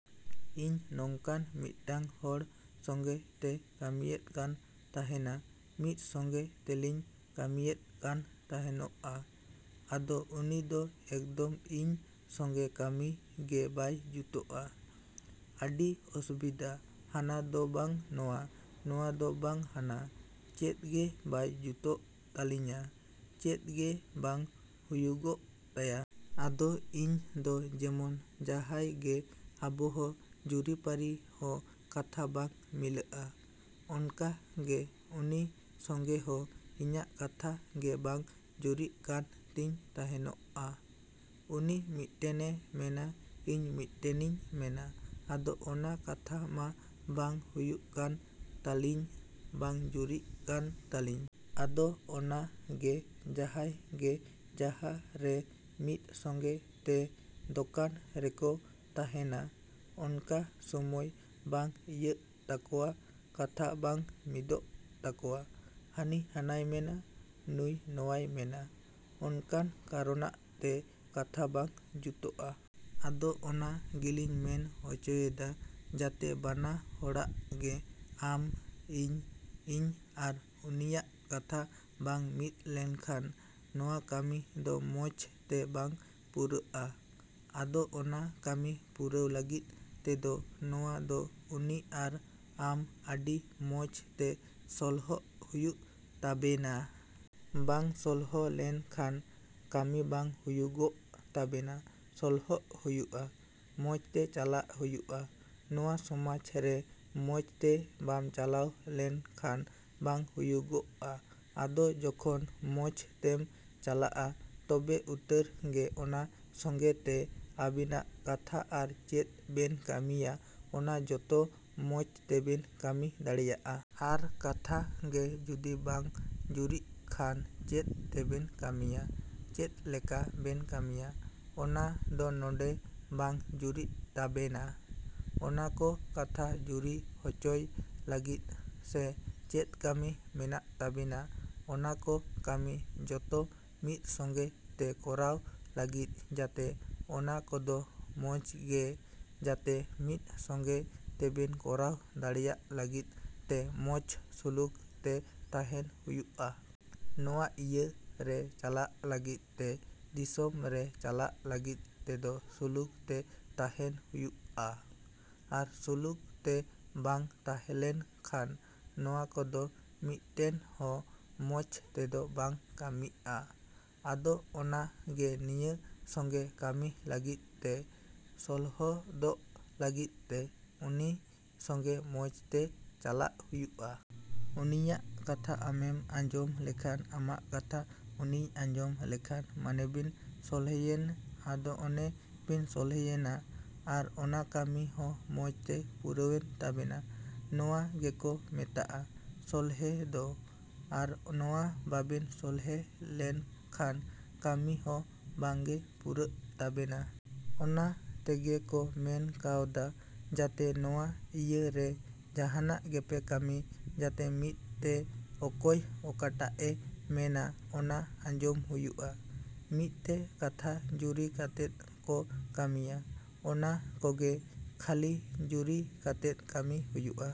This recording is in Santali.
ᱤᱧ ᱱᱚᱝᱠᱟᱱ ᱢᱤᱫᱴᱟᱝ ᱦᱚᱲ ᱥᱚᱸᱜᱮ ᱛᱮ ᱠᱟᱹᱢᱤᱭᱮᱫ ᱠᱟᱱ ᱛᱟᱦᱮᱱᱟ᱾ ᱢᱤᱫ ᱥᱚᱸᱜᱮ ᱛᱮᱞᱤᱧ ᱠᱟᱹᱢᱤᱭᱮᱫ ᱠᱟᱱ ᱛᱟᱦᱮᱱᱚᱜ-ᱟ᱾ ᱟᱫᱚ ᱩᱱᱤ ᱫᱚ ᱮᱠᱫᱚᱢ ᱤᱧ ᱥᱚᱸᱜᱮ ᱠᱟᱹᱢᱤ ᱜᱮ ᱵᱟᱭ ᱡᱩᱛᱩᱜ-ᱟ᱾ ᱟᱹᱰᱤ ᱚᱥᱩᱵᱤᱫᱷᱟ, ᱦᱟᱱᱟ ᱫᱚ ᱵᱟᱝ ᱱᱚᱣᱟ, ᱱᱚᱣᱟ ᱫᱚ ᱵᱟᱝ ᱦᱟᱱᱟ ᱪᱮᱫ ᱜᱮ ᱵᱟᱭ ᱡᱩᱛᱩᱜ ᱛᱟᱹᱞᱤᱧᱟ, ᱪᱮᱫ ᱜᱮ ᱵᱟᱝ ᱦᱩᱭᱩᱜᱚᱜ ᱛᱟᱭᱟ᱾ ᱟᱫᱚ ᱤᱧ ᱫᱚ ᱡᱮᱢᱚᱱ ᱡᱟᱦᱟᱸᱭ ᱜᱮ ᱟᱵᱚ ᱦᱚᱸ ᱡᱩᱨᱤᱼᱯᱟᱹᱨᱤ ᱦᱚᱸ ᱠᱟᱛᱷᱟ ᱵᱟᱝ ᱢᱤᱞᱟᱹᱜᱼᱟ, ᱚᱱᱠᱟ ᱜᱮ ᱩᱱᱤ ᱥᱚᱸᱜᱮ ᱦᱚᱸ ᱤᱧᱟᱹᱜ ᱠᱟᱛᱷᱟ ᱜᱮ ᱵᱟᱝ ᱡᱩᱨᱤᱜ ᱠᱟᱱ ᱛᱤᱧ ᱛᱟᱦᱮᱱᱚᱜ-ᱟ᱾ ᱩᱱᱤ ᱢᱤᱫᱴᱮᱱᱮ ᱢᱮᱱᱟ, ᱤᱧ ᱢᱤᱫᱴᱮᱱᱤᱧ ᱢᱮᱱᱟ᱾ ᱟᱫᱚ ᱚᱱᱟ ᱠᱟᱛᱷᱟ ᱢᱟ ᱵᱟᱝ ᱦᱩᱭᱩᱜ ᱠᱟᱱ ᱛᱟᱹᱞᱤᱧ, ᱵᱟᱝ ᱡᱩᱨᱤᱜ ᱠᱟᱱ ᱛᱟᱹᱞᱤᱧ᱾ ᱟᱫᱚ ᱚᱱᱟ ᱜᱮ ᱡᱟᱦᱟᱸᱭ ᱜᱮ ᱡᱟᱦᱟᱸ ᱨᱮ ᱢᱤᱫ ᱥᱚᱸᱜᱮ ᱛᱮ ᱫᱚᱠᱟᱱ ᱨᱮᱠᱚ ᱛᱟᱦᱮᱱᱟ ᱚᱱᱠᱟ ᱥᱚᱢᱚᱭ ᱵᱟᱝ ᱤᱭᱟᱹᱜ ᱛᱟᱠᱚᱣᱟ ᱠᱟᱛᱷᱟ ᱵᱟᱝ ᱢᱤᱫᱚᱜ ᱛᱟᱠᱚᱣᱟ᱾ ᱦᱟᱹᱱᱤ ᱦᱟᱱᱟᱭ ᱢᱮᱱᱟ, ᱱᱩᱭ ᱱᱚᱣᱟᱭ ᱢᱮᱱᱟ᱾ ᱚᱱᱠᱟᱱ ᱠᱟᱨᱚᱱᱟᱜ ᱛᱮ ᱠᱟᱛᱷᱟ ᱵᱟᱝ ᱡᱩᱛᱩᱜ-ᱟ᱾ ᱟᱫᱚ ᱚᱱᱟ ᱜᱤᱧ ᱢᱮᱱ ᱚᱪᱚᱭᱮᱫᱟ ᱡᱟᱛᱮ ᱵᱟᱱᱟ ᱦᱚᱲ ᱜᱮ ᱟᱢ, ᱤᱧ, ᱤᱧ ᱟᱨ ᱩᱱᱤᱭᱟᱜ ᱠᱟᱛᱷᱟ ᱵᱟᱝ ᱢᱤᱫ ᱞᱮᱱᱠᱷᱟᱱ ᱱᱚᱣᱟ ᱠᱟᱹᱢᱤ ᱫᱚ ᱢᱚᱡᱽ ᱛᱮ ᱵᱟᱝ ᱯᱩᱨᱟᱹᱜ-ᱟ᱾ ᱟᱫᱚ ᱚᱱᱟ ᱠᱟᱹᱢᱤ ᱯᱩᱨᱟᱹᱣ ᱞᱟᱹᱜᱤᱫ ᱛᱮᱫᱚ ᱱᱚᱣᱟ ᱫᱚ ᱩᱱᱤ ᱟᱨ ᱟᱢ ᱟᱹᱰᱤ ᱢᱚᱡᱽ ᱛᱮ ᱥᱚᱞᱦᱚᱜ ᱦᱩᱭᱩᱜ ᱛᱟᱵᱮᱱᱟ᱾ ᱵᱟᱝ ᱥᱚᱞᱦᱚ ᱞᱮᱱ ᱠᱷᱟᱱ ᱠᱟᱹᱢᱤ ᱵᱟᱝ ᱦᱩᱭᱩᱜᱚᱜ ᱛᱟᱵᱮᱱᱟ᱾ ᱥᱚᱞᱦᱚᱜ ᱦᱩᱭᱩᱜ-ᱟ, ᱢᱚᱡᱽ ᱛᱮ ᱪᱟᱞᱟᱜ ᱦᱩᱭᱩᱜ-ᱟ᱾ ᱱᱚᱣᱟ ᱥᱚᱢᱟᱡᱽ ᱨᱮ ᱢᱚᱡᱽ ᱛᱮ ᱵᱟᱢ ᱪᱟᱞᱟᱣ ᱞᱮᱱ ᱠᱷᱟᱱ ᱵᱟᱝ ᱦᱩᱭᱩᱜᱚᱜ-ᱟ᱾ ᱟᱫᱚ ᱡᱚᱠᱷᱚᱱ ᱢᱚᱡᱽ ᱛᱮᱢ ᱪᱟᱞᱟᱜ-ᱟ ᱛᱚᱵᱮ ᱩᱛᱟᱹᱨ ᱜᱮ ᱚᱱᱟ ᱥᱚᱸᱜᱮ ᱛᱮ ᱟᱵᱮᱱᱟᱜ ᱠᱟᱛᱷᱟ ᱟᱨ ᱪᱮᱫ ᱵᱮᱱ ᱠᱟᱹᱢᱤᱭᱟ ᱚᱱᱟ ᱡᱚᱛᱚ ᱢᱚᱡᱽ ᱛᱮᱵᱮᱱ ᱠᱟᱹᱢᱤ ᱫᱟᱲᱮᱭᱟᱜ-ᱟ᱾ ᱟᱨ ᱠᱟᱛᱷᱟ ᱜᱮ ᱡᱩᱫᱤ ᱵᱟᱝ ᱡᱩᱨᱤᱜ ᱠᱷᱟᱱ ᱪᱮᱫ ᱛᱮᱵᱮᱱ ᱠᱟᱹᱢᱤᱭᱟ? ᱪᱮᱫ ᱞᱮᱠᱟ ᱵᱮᱱ ᱠᱟᱹᱢᱤᱭᱟ? ᱚᱱᱟ ᱫᱚ ᱱᱚᱰᱮ ᱵᱟᱝ ᱡᱩᱨᱤᱜ ᱛᱟᱵᱮᱱᱟ᱾ ᱚᱱᱟ ᱠᱚ ᱠᱟᱛᱷᱟ ᱡᱩᱨᱤ ᱚᱪᱚᱭ ᱞᱟᱹᱜᱤᱫ ᱥᱮ ᱪᱮᱫ ᱠᱟᱹᱢᱤ ᱢᱮᱱᱟᱜ ᱛᱟᱵᱮᱱᱟ ᱚᱱᱟ ᱠᱚ ᱠᱟᱹᱢᱤ ᱡᱚᱛᱚ ᱢᱤᱫ ᱥᱚᱸᱜᱮ ᱛᱮ ᱠᱚᱨᱟᱣ ᱞᱟᱹᱜᱤᱫ ᱡᱟᱛᱮ ᱚᱱᱟ ᱠᱚᱫᱚ ᱢᱚᱡᱽ ᱜᱮ ᱡᱟᱛᱮ ᱢᱤᱫ ᱥᱚᱸᱜᱮ ᱛᱮᱵᱮᱱ ᱠᱚᱨᱟᱣ ᱫᱟᱲᱮᱭᱟᱜ ᱞᱟᱹᱜᱤᱫ ᱛᱮ ᱢᱚᱡᱽ ᱥᱩᱞᱩᱠ ᱛᱮ ᱛᱟᱦᱮᱱ ᱦᱩᱭᱩᱜ-ᱟ᱾ ᱱᱚᱣᱟ ᱤᱭᱟᱹ ᱨᱮ ᱪᱟᱞᱟᱜ ᱞᱟᱹᱜᱤᱫ ᱛᱮ ᱫᱤᱥᱚᱢ ᱨᱮ ᱪᱟᱞᱟᱜ ᱞᱟᱹᱜᱤᱫ ᱛᱮᱫᱚ ᱥᱩᱞᱩᱠ ᱛᱮ ᱛᱟᱦᱮᱱ ᱦᱩᱭᱩᱜ-ᱟ᱾ ᱟᱨ ᱥᱩᱞᱩᱠ ᱛᱮ ᱵᱟᱝ ᱛᱟᱦᱮᱸᱞᱮᱱ ᱠᱷᱟᱱ ᱱᱚᱣᱟ ᱠᱚᱫᱚ ᱢᱤᱫᱴᱮᱱ ᱦᱚᱸ ᱢᱚᱡᱽ ᱛᱮᱫᱚ ᱵᱟᱝ ᱠᱟᱹᱢᱤᱜ-ᱟ᱾ ᱟᱫᱚ ᱚᱱᱟ ᱜᱮ ᱱᱤᱭᱟᱹ ᱥᱚᱸᱜᱮ ᱠᱟᱹᱢᱤ ᱞᱟᱹᱜᱤᱫ ᱛᱮ ᱥᱚᱞᱦᱚᱫᱚᱜ ᱞᱟᱹᱜᱤᱫ ᱛᱮ ᱩᱱᱤ ᱥᱚᱸᱜᱮ ᱢᱚᱡᱽ ᱛᱮ ᱪᱟᱞᱟᱜ ᱦᱩᱭᱩᱜ-ᱟ᱾ ᱩᱱᱤᱭᱟᱜ ᱠᱟᱛᱷᱟ ᱟᱢᱮᱢ ᱟᱸᱡᱚᱢ ᱞᱮᱠᱷᱟᱱ ᱟᱢᱟᱜ ᱠᱟᱛᱷᱟ ᱩᱱᱤᱭ ᱟᱸᱡᱚᱢ ᱞᱮᱠᱷᱟᱱ ᱢᱟᱵᱮᱱ ᱥᱚᱞᱦᱮᱭᱮᱱ᱾ ᱟᱫᱚ ᱚᱱᱮ ᱵᱮᱱ ᱥᱚᱞᱦᱮᱭᱮᱱᱟ᱾ ᱟᱨ ᱚᱱᱟ ᱠᱟᱹᱢᱤ ᱦᱚᱸ ᱢᱚᱡᱽ ᱛᱮ ᱯᱩᱨᱟᱹᱣᱮᱱ ᱛᱟᱵᱮᱱᱟ᱾ ᱱᱚᱣᱟ ᱜᱮᱠᱚ ᱢᱮᱛᱟᱜ-ᱟ ᱥᱚᱞᱦᱮ ᱫᱚ᱾ ᱟᱨ ᱱᱚᱣᱟ ᱵᱟᱵᱮᱱ ᱥᱚᱞᱦᱮ ᱞᱮᱱ ᱠᱷᱟᱱ ᱠᱟᱹᱢᱤ ᱦᱚᱸ ᱵᱟᱝ ᱜᱮ ᱯᱩᱨᱟᱹᱜ ᱛᱟᱵᱮᱱᱟ᱾ ᱚᱱᱟ ᱛᱮᱜᱮ ᱠᱚ ᱢᱮᱱ ᱠᱟᱣᱟᱫᱟ ᱡᱟᱛᱮ ᱱᱚᱣᱟ ᱤᱭᱟᱹ ᱨᱮ ᱡᱟᱦᱟᱱᱟᱜ ᱜᱮᱯᱮ ᱠᱟᱹᱢᱤ ᱡᱟᱛᱮ ᱢᱤᱫ ᱛᱮ ᱚᱠᱚᱭ ᱚᱠᱟᱴᱟᱜ-ᱮ ᱢᱮᱱᱟ ᱚᱱᱟ ᱟᱸᱡᱚᱢ ᱦᱩᱭᱩᱜ-ᱟ᱾ ᱢᱤᱫ ᱛᱮ ᱠᱟᱛᱷᱟ ᱡᱩᱨᱤ ᱠᱟᱛᱮᱫ ᱠᱚ ᱠᱟᱹᱢᱤᱭᱟ᱾ ᱚᱱᱟ ᱠᱚᱜᱮ ᱠᱷᱟᱹᱞᱤ ᱡᱩᱨᱤ ᱠᱟᱛᱮᱫ ᱠᱟᱹᱢᱤ ᱦᱩᱭᱩᱜ-ᱟ᱾।